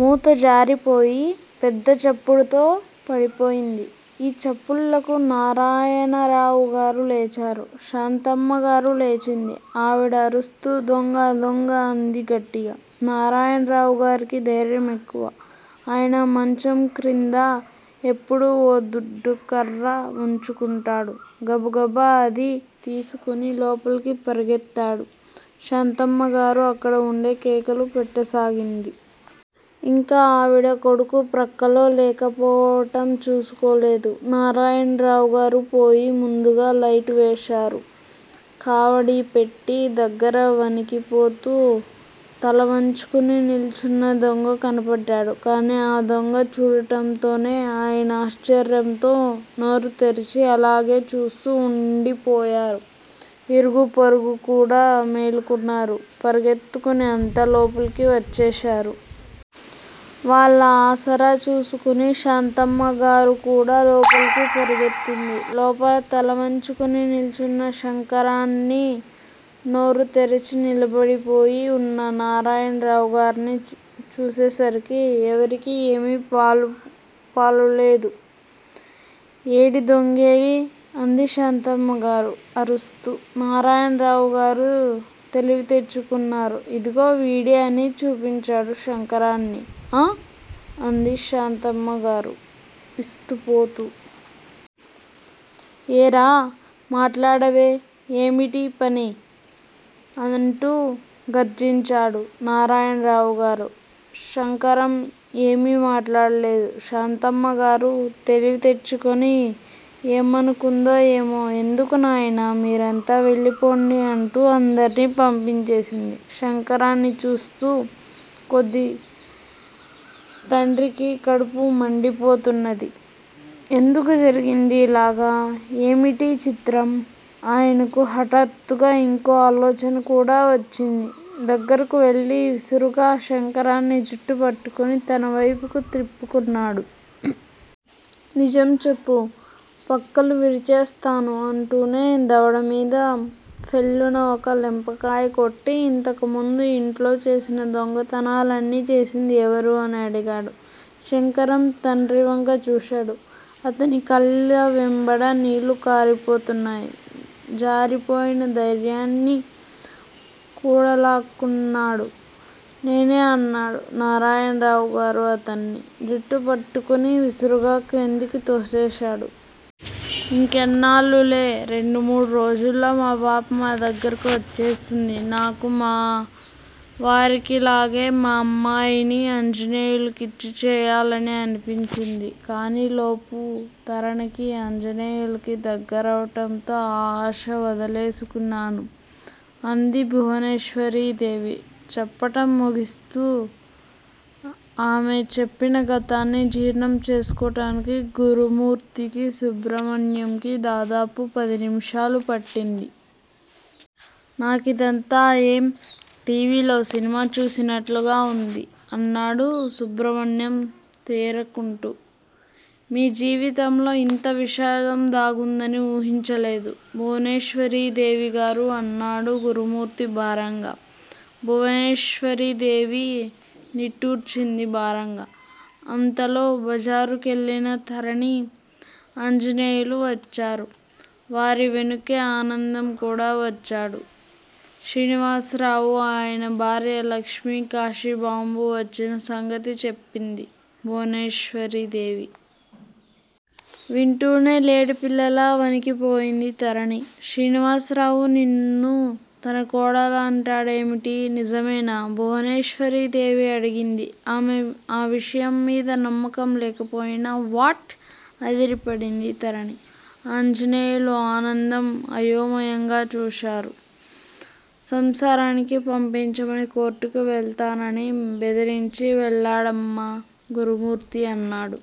మూత జారిపోయి పెద్దచప్పుడుతో పడిపోయింది. ఈ చప్పుళ్ళకు నారాయణరావుగారు లేచారు. శాంతమ్మగారు లేచింది. ఆవిడ అరుస్తూ దొంగ దొంగ అంది గట్టిగా. నారాయణరావుగారికి ధైర్యం ఎక్కువ. ఆయన మంచంక్రింద ఎప్పుడూ ఓ దుడ్డుకర్ర వుంచుకుంటాడు. గబగబ అది తీసుకుని లోపలికి పరుగెత్తాడు. శాంతమ్మగారు అక్కడ వుండే కేకలు పెట్టసాగింది. ఇంకా ఆవిడ కొడుకు ప్రక్కలో లేకపోవటం చూసుకోలేదు. నారాయణరావుగారు పోయి ముందుగా లైటు వేశారు. కావడిపెట్టె దగ్గర వణికిపోతూ తలవంచుకుని నిల్చున్న దొంగ కనబడ్డాడు. కాని ఆ దొంగని చూడటంతోనే ఆయన ఆశ్చర్యంతో నోరుతెరిచి అలాగే చూస్తూ వుండిపోయారు. ఇరుగు పొరుగుకూడా మేలుకున్నారు. పరుగెత్తుకుని అంతా లోపలికి వచ్చేశారు. వాళ్ళ ఆసరా చూసుకుని శాంతమ్మగారుకూడా లోపలికి పరుగెత్తింది. లోపల తలవంచుకుని నిల్చున్న శంకరాన్ని, నోరుతెరచి నిలబడిపోయి వున్న నారాయణరావుగార్నీ చూసేసరికి ఎవరికీ ఏమీ పాలులోలేదు. ఏడీ దొంగేడీ? అంది శాంతమ్మగారు అరుస్తూ నారాయణరావుగారు తెలివి తెచ్చుకున్నారు. ఇదిగో వీడే అని చూపించాడు శంకరాన్ని ఆఁ అంది శాంతమ్మగారు విస్తుపోతూ. ఏరా మాట్లాడవే? ఏమిటీ పని? అంటూ గర్జించాడు నారాయణరావు గారు. శంకరం ఏమీ మాట్లాడలేదు. శాంతమ్మగారు తెలివితెచ్చుకొని ఏమనుకుందో ఏమో ఎందుకు నాయనా మీరంతా వెళ్ళిపొండి అంటూ అందర్నీ పంపించేసింది. శంకరాన్ని చూస్తున్నకొద్దీ తండ్రికి కడుపు మండిపోతున్నది. ఎందుకు జరిగింది యిలాగ? ఏమిటీ చిత్రం? ఆయనకు హఠాత్తుగా యింకో ఆలోచనకూడా వహ్చింది దగ్గరకు వెళ్ళి విసురుగా శంకరాన్ని జుట్టుపట్టుకుని తనవైపుకు త్రిప్పుకున్నాడు. నిజం చెప్పు పక్కలు విరిచేసస్తాను అంటూనే దవడమీద ఫెళ్ళున ఒక లెంపకాయ కొట్టి ఇంతకుముందు యింట్లో చేసిన దొంగతనాలన్నీ చేసింది ఎవరు? అని అడిగాడు. శంకరం తండ్రివంక చూశాడు. అతని కళ్ళవెంబడి నీళ్ళు కారిపోతున్నాయి. జారిపోయిన ధైర్యాన్ని కూడలాక్కున్నాడు. నేనే అన్నాడు నారాయణరావుగారు అతన్ని జుట్టుపట్టుకుని విసురుగా క్రిందికి తోసేశారు. ఇంకెన్నాళ్ళులే రెండు మూడు రోజుల్లో మా పాప మా దగ్గరకు వచ్చేస్తుంది. నాకూ మా వారికిలాగే మా అమ్మాయిని ఆంజనేయులికిచ్చి చేయాలనే అనిపించింది. కానీలోపు తరణి ఆంజనేయులికి దగ్గరవటంతో ఆ ఆశ వదిలేసుకున్నాను అంది భువనేశ్వరీదేవి చెప్పటం ముగిస్తూ. ఆమె చెప్పిన గతాన్ని జీర్ణం చేసుకోటానికి గురుమూర్తికి, సుబ్రమణ్యంకి దాదాపు పది నిమిషాలు పట్టింది. నాకిదంతా ఎమ్ టీవిలో సినిమా చూసినట్లుగా ఉంది అన్నాడు సుబ్రమణ్యం తేరుకుంటూ. మీ జీవితంలో ఇంత విషాదం దాగుందని ఊహించలేదు భువనేశ్వరీదేవిగారు అన్నాడు గురుమూర్తి భారంగా. భువనేశ్వరీదేవి నిట్టూర్చింది భారంగా. అంతలో బజారుకెళ్ళిన తరణి, ఆంజనేయులు వచ్చారు. వారి వెనుకే ఆనందం కూడా వచ్చాడు. శ్రీనివాసరావు, ఆయన భార్య లక్ష్మి, కాశీబాంబు వచ్చిన సంగతి చెప్పింది భువనేశ్వరీదేవి. వింటూనే లేడిపిల్లలా వణికిపోయింది తరణి. శ్రీనివాసరావు నిన్ను తన కోడలంటాడేమిటి? నిజమేనా? భువనేశ్వరీ దేవి అడిగింది ఆమె ఆ విషయం మీద నమ్మకం లేకపోయినా. వ్వాట్?! అదిరిపడింది తరణి. ఆంజనేయులు, ఆనందం అయోమయంగా చూశారు. సంసారానికి పంపించమని కోర్టుకి వెళ్తానని బెదిరించి వెళ్ళాడమ్మా గురుమూర్తి అన్నాడు.